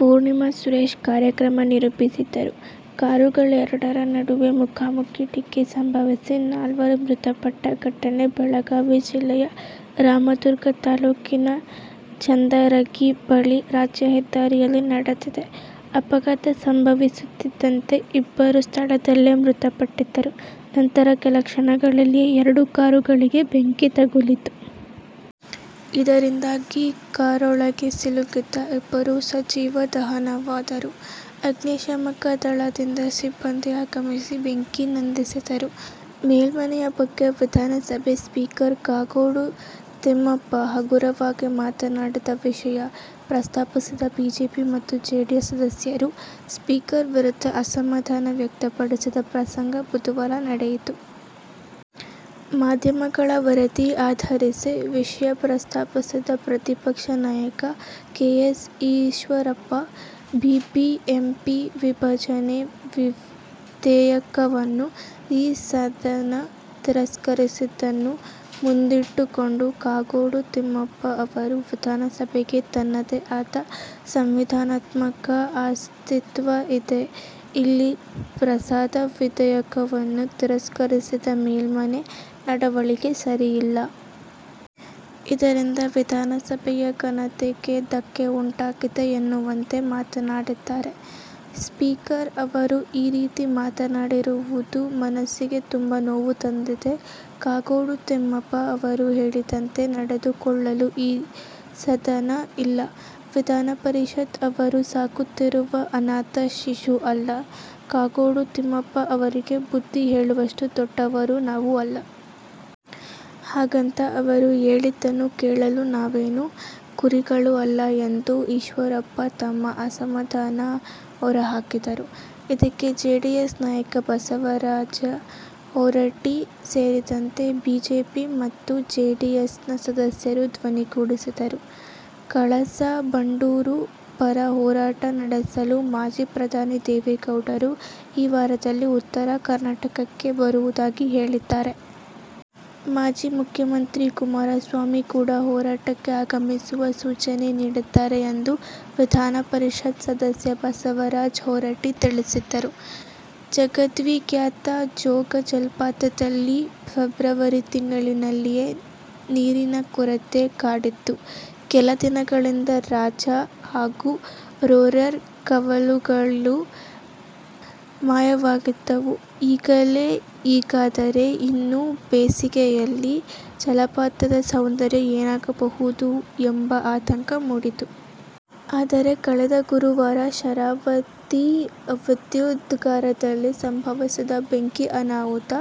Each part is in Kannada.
ಪೂರ್ಣಿಮಾ ಸುರೇಶ್ ಕಾರ್ಯಕ್ರಮ ನಿರೂಪಿಸಿದರು. ಕಾರುಗಳೆರಡರ ನಡುವೆ ಮುಖಾಮುಖೀ ಡಿಕ್ಕಿ ಸಂಭವಿಸಿ ನಾಲ್ವರು ಮೃತಪಟ್ಟ ಘಟನೆ ಬೆಳಗಾವಿ ಜಿಲ್ಲೆಯ ರಾಮದುರ್ಗ ತಾಲೂಕಿನ ಚಂದರಗಿ ಬಳಿ ರಾಜ್ಯ ಹೆದ್ದಾರಿಯಲ್ಲಿ ನಡೆದಿದೆ. ಅಪಘಾತ ಸಂಭವಿಸುತ್ತಿದ್ದಂತೆ ಇಬ್ಬರು ಸ್ಥಳದಲ್ಲೇ ಮೃತಪಟ್ಟಿದ್ದರು. ನಂತರ ಕೆಲ ಕ್ಷಣಗಳಲ್ಲಿಯೇ ಎರಡು ಕಾರುಗಳಿಗೆ ಬೆಂಕಿ ತಗುಲಿತು. ಇದರಿಂದಾಗಿ ಕಾರೊಳಗೆ ಸಿಲುಕಿದ್ದ ಇಬ್ಬರು ಸಜೀವ ದಹನವಾದರು. ಅಗ್ನಿ ಶಾಮಕ ದಳದ ಸಿಬ್ಬಂದಿ ಆಗಮಿಸಿ ಬೆಂಕಿ ನಂದಿಸಿದರು. ಮೇಲ್ಮನೆಯ ಬಗ್ಗೆ ವಿಧಾನಸಭೆ ಸ್ಪೀಕರ್ ಕಾಗೋಡು ತಿಮ್ಮಪ್ಪ "ಹಗುರ'ವಾಗಿ ಮಾತನಾಡಿದ ವಿಷಯ ಪ್ರಸ್ತಾಪಿಸಿದ ಬಿಜೆಪಿ ಮತ್ತು ಜೆಡಿಎಸ್ ಸದಸ್ಯರು ಸ್ಪೀಕರ್ ವಿರುದ್ಧ ಅಸಮಾಧಾನ ವ್ಯಕ್ತಪಡಿಸಿದ ಪ್ರಸಂಗ ಬುಧವಾರ ನಡೆಯಿತು. ಮಾಧ್ಯಮಗಳ ವರದಿ ಆಧರಿಸಿ ವಿಷಯ ಪ್ರಸ್ತಾಪಿಸಿದ ಪ್ರತಿಪಕ್ಷ ನಾಯಕ ಕೆ. ಎಸ್. ಈಶ್ವರಪ್ಪ, ಬಿಬಿಎಂಪಿ ವಿಭಜನೆ ವಿಧೇಯಕವನ್ನು ಈ ಸದನ ತಿರಸ್ಕರಿಸಿದ್ದನ್ನು ಮುಂದಿಟ್ಟುಕೊಂಡು ಕಾಗೋಡು ತಿಮ್ಮಪ್ಪ ಅವರು "ವಿಧಾನಸಭೆಗೆ ತನ್ನದೇ ಆದ ಸಂವಿಧಾನಾತ್ಮಕ ಅಸ್ತಿತ್ವ ಇದೆ. ಇಲ್ಲಿ ಪಾಸಾದ ವಿಧೇಯಕವನ್ನು ತಿರಸ್ಕರಿಸಿದ ಮೇಲ್ಮನೆ ನಡವಳಿಕೆ ಸರಿಯಲ್ಲ. ಇದರಿಂದ ವಿಧಾನಸಭೆಯ ಘನತೆಗೆ ಧಕ್ಕೆ ಉಂಟಾಗಿದೆ' ಎನ್ನುವಂತೆ ಮಾತನಾಡಿದ್ದಾರೆ. ಸ್ಪೀಕರ್ ಅವರು ಈ ರೀತಿ ಮಾತನಾಡಿರುವುದು ಮನಸ್ಸಿಗೆ ತುಂಬಾ ನೋವು ತಂದಿದೆ. ಕಾಗೋಡು ತಿಮ್ಮಪ್ಪ ಅವರು ಹೇಳಿದಂತೆ ನಡೆದುಕೊಳ್ಳಲು ಈ ಸದನ ಇಲ್ಲ. ವಿಧಾನಪರಿಷತ್ ಅವರು ಸಾಕುತ್ತಿರುವ ಅನಾಥ ಶಿಶು ಅಲ್ಲ. ಕಾಗೋಡು ತಿಮ್ಮಪ್ಪ ಅವರಿಗೆ ಬುದ್ಧಿ ಹೇಳುವಷ್ಟು ದೊಡ್ಡವರು ನಾವು ಅಲ್ಲ. ಹಾಗಂತ ಅವರು ಹೇಳಿದ್ದನ್ನು ಕೇಳಲು ನಾವೇನು "ಕುರಿಗಳೂ' ಅಲ್ಲ ಎಂದು ಈಶ್ವರಪ್ಪ ತಮ್ಮ ಅಸಮಧಾನ ಹೊರಹಾಕಿದರು. ಇದಕ್ಕೆ ಜೆಡಿಎಸ್ ನಾಯಕ ಬಸವರಾಜ ಹೊರಟ್ಟಿ ಸೇರಿದಂತೆ ಬಿಜೆಪಿ ಮತ್ತು ಜೆಡಿಎಸ್ನ ಸದಸ್ಯರು ಧ್ವನಿಗೂಡಿಸಿದರು. ಕಳಸಾ-ಬಂಡೂರಿ ಪರ ಹೋರಾಟ ನಡೆಸಲು ಮಾಜಿ ಪ್ರಧಾನಿ ದೇವೇಗೌಡರು ಈ ವಾರದಲ್ಲಿ ಉತ್ತರ ಕರ್ನಾಟಕಕ್ಕೆ ಬರುವುದಾಗಿ ಹೇಳಿದ್ದಾರೆ. ಮಾಜಿ ಮುಖ್ಯಮಂತ್ರಿ ಕುಮಾರಸ್ವಾಮಿ ಕೂಡ ಹೋರಾಟಕ್ಕೆ ಆಗಮಿಸುವ ಸೂಚನೆ ನೀಡಿದ್ದಾರೆ ಎಂದು ವಿಧಾನ ಪರಿಷತ್ ಸದಸ್ಯ ಬಸವರಾಜ ಹೊರಟ್ಟಿ ತಿಳಿಸಿದರು. ಜಗದ್ವಿಖ್ಯಾತ ಜೋಗ ಜಲಪಾತದಲ್ಲಿ ಫೆಬ್ರವರಿ ತಿಂಗಳಿನಲ್ಲಿಯೇ ನೀರಿನ ಕೊರತೆ ಕಾಡಿತ್ತು. ಕೆಲ ದಿನಗಳಿಂದ ರಾಜ ಹಾಗೂ ರೋರರ್ ಕವಲುಗಳು ಮಾಯವಾಗಿದ್ದವು. ಈಗಲೇ ಹೀಗಾದರೆ ಇನ್ನು ಬೇಸಿಗೆಯಲ್ಲಿ ಜಲಪಾತದ ಸೌಂದರ್ಯ ಏನಾಗಬಹುದು ಎಂಬ ಆತಂಕ ಮೂಡಿತ್ತು. ಆದರೆ, ಕಳೆದ ಗುರುವಾರ ಶರಾವತಿ ವಿದ್ಯುದಾಗಾರದಲ್ಲಿ ಸಂಭವಿಸಿದ ಬೆಂಕಿ ಅನಾಹುತ,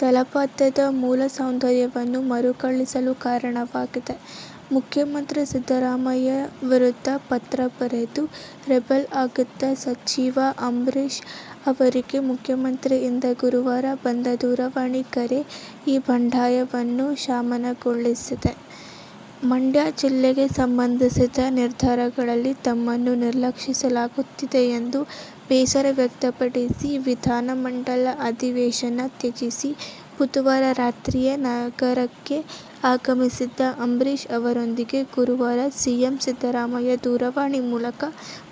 ಜಲಪಾತದ ಮೂಲ ಸೌಂದರ್ಯವನ್ನು ಮರುಕಳಿಸಲು ಕಾರಣವಾಗಿದೆ. ಮುಖ್ಯಮಂತ್ರಿ ಸಿದ್ದರಾಮಯ್ಯ ವಿರುದ ಪತ್ರ ಬರೆದು ರೆಬೆಲ್ ಆಗಿದ್ದ ಸಚಿವ ಅಂಬರೀಶ್ ಅವರಿಗೆ ಮುಖ್ಯಮಂತ್ರಿಯಿಂದ ಗುರುವಾರ ಬಂದ ದೂರವಾಣಿ ಕರೆ ಈ ಬಂಡಾಯವನ್ನು ಶಮನಗೊಳಿಸಿದೆ. ಮಂಡ್ಯ ಜಿಲ್ಲೆಗೆ ಸಂಬಂಧಿಸಿದ ನಿರ್ಧಾರಗಳಲ್ಲಿ ತಮ್ಮನ್ನು ನಿರ್ಲಕ್ಷಿಸಲಾಗುತ್ತಿದೆ ಎಂದು ಬೇಸರ ವ್ಯಕ್ತಪಡಿಸಿ ವಿದಾನಮಂಡಲ ಅಧಿವೇಶನ ತ್ಯಜಿಸಿ ಬುಧವಾರ ರಾತ್ರಿಯೇ ನಗರಕ್ಕೆ ಆಗಮಿಸಿದ್ದ ಅಂಬರೀಶ್ ಅವರೊಂದಿಗೆ ಗುರುವಾರ ಸಿಎಂ ಸಿದ್ದರಾಮಯ್ಯ ದೂರವಾಣಿ ಮೂಲಕ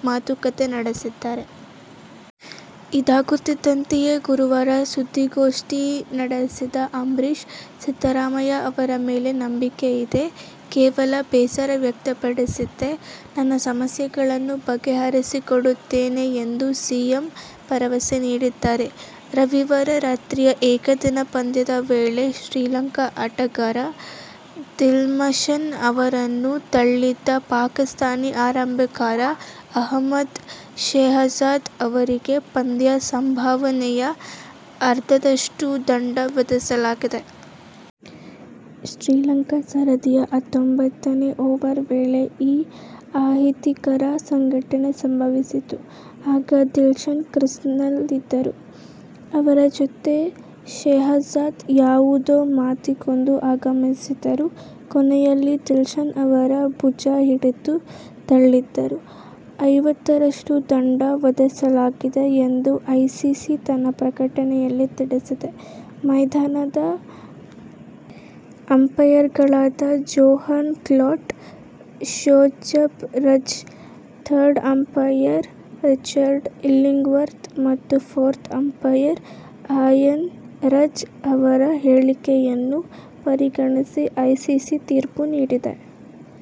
ಮಾತುಕತೆ ನಡೆಸಿದ್ದಾರೆ. ಇದಾಗುತ್ತಿದ್ದಂತೆಯೇ ಗುರುವಾರ ಸುದ್ದಿಗೋಷ್ಠಿ ನಡೆಸಿದ ಅಂಬರೀಶ್, ಸಿದ್ದರಾಮಯ್ಯ ಅವರ ಮೇಲೆ ನಂಬಿಕೆಯಿದೆ. ಕೇವಲ ಬೇಸರ ವ್ಯಕ್ತಪಡಿಸಿದ್ದೆ. ನನ್ನ ಸಮಸ್ಯೆಗಳನ್ನು ಬಗೆಹರಿಸಿಕೊಡುತ್ತೇನೆ ಎಂದು ಸಿಎಂ ಭರವಸೆ ನೀಡಿದ್ದಾರೆ. ರವಿವಾರ ರಾತ್ರಿಯ ಏಕದಿನ ಪಂದ್ಯದ ವೇಳೆ ಶ್ರೀಲಂಕಾ ಆಟಗಾರ ದಿಲ್ಶನ್ ಅವರನ್ನು ತಳ್ಳಿದ ಪಾಕಿಸ್ಥಾನಿ ಆರಂಭಕಾರ ಅಹ್ಮದ್ ಶೆಹಜಾದ್ ಅವರಿಗೆ ಪಂದ್ಯ ಸಂಭಾವನೆಯ ಅರ್ಧದಷ್ಟು ದಂಡ ವಿಧಿಸಲಾಗಿದೆ. ಶ್ರೀಲಂಕಾ ಸರದಿಯ ಹತ್ತೊಂಭತ್ತನೇ ಓವರ್ ವೇಳೆ ಈ ಅಹಿತಕರ ಘಟನೆ ಸಂಭವಿಸಿತು. ಆಗ ದಿಲ್ಶನ್ ಕ್ರೀಸ್ನಲ್ಲಿದ್ದರು. ಅವರ ಜತೆ ಶೆಹಜಾದ್ ಯಾವುದೋ ಮಾತಿಗೆಂದು ಆಗಮಿಸಿದರು. ಕೊನೆಯಲ್ಲಿ ದಿಲ್ಶನ್ ಅವರ ಭುಜ ಹಿಡಿದು ತಳ್ಳಿದರು. ಐವತ್ತರಷ್ಟು ದಂಡ ವಿಧಿಸಲಾಗಿದೆ ಎಂದು ಐಸಿಸಿ ತನ್ನ ಪ್ರಕಟನೆಯಲ್ಲಿ ತಿಳಿಸಿದೆ. ಮೈದಾನದ ಅಂಪಾಯರ್ಗಳಾದ Johan Cloete, Shozab Raza, third umpire Richard Illingworth ಮತ್ತು ಫೋರ್ತ್ ಅಂಪಾಯರ್ ಅಹ್ಸಾನ್ ರಝ ಅವರ ಹೇಳಿಕೆಗಳನ್ನು ಪರಿಗಣಿಸಿ ಐಸಿಸಿ ತೀರ್ಪು ನೀಡಿದೆ.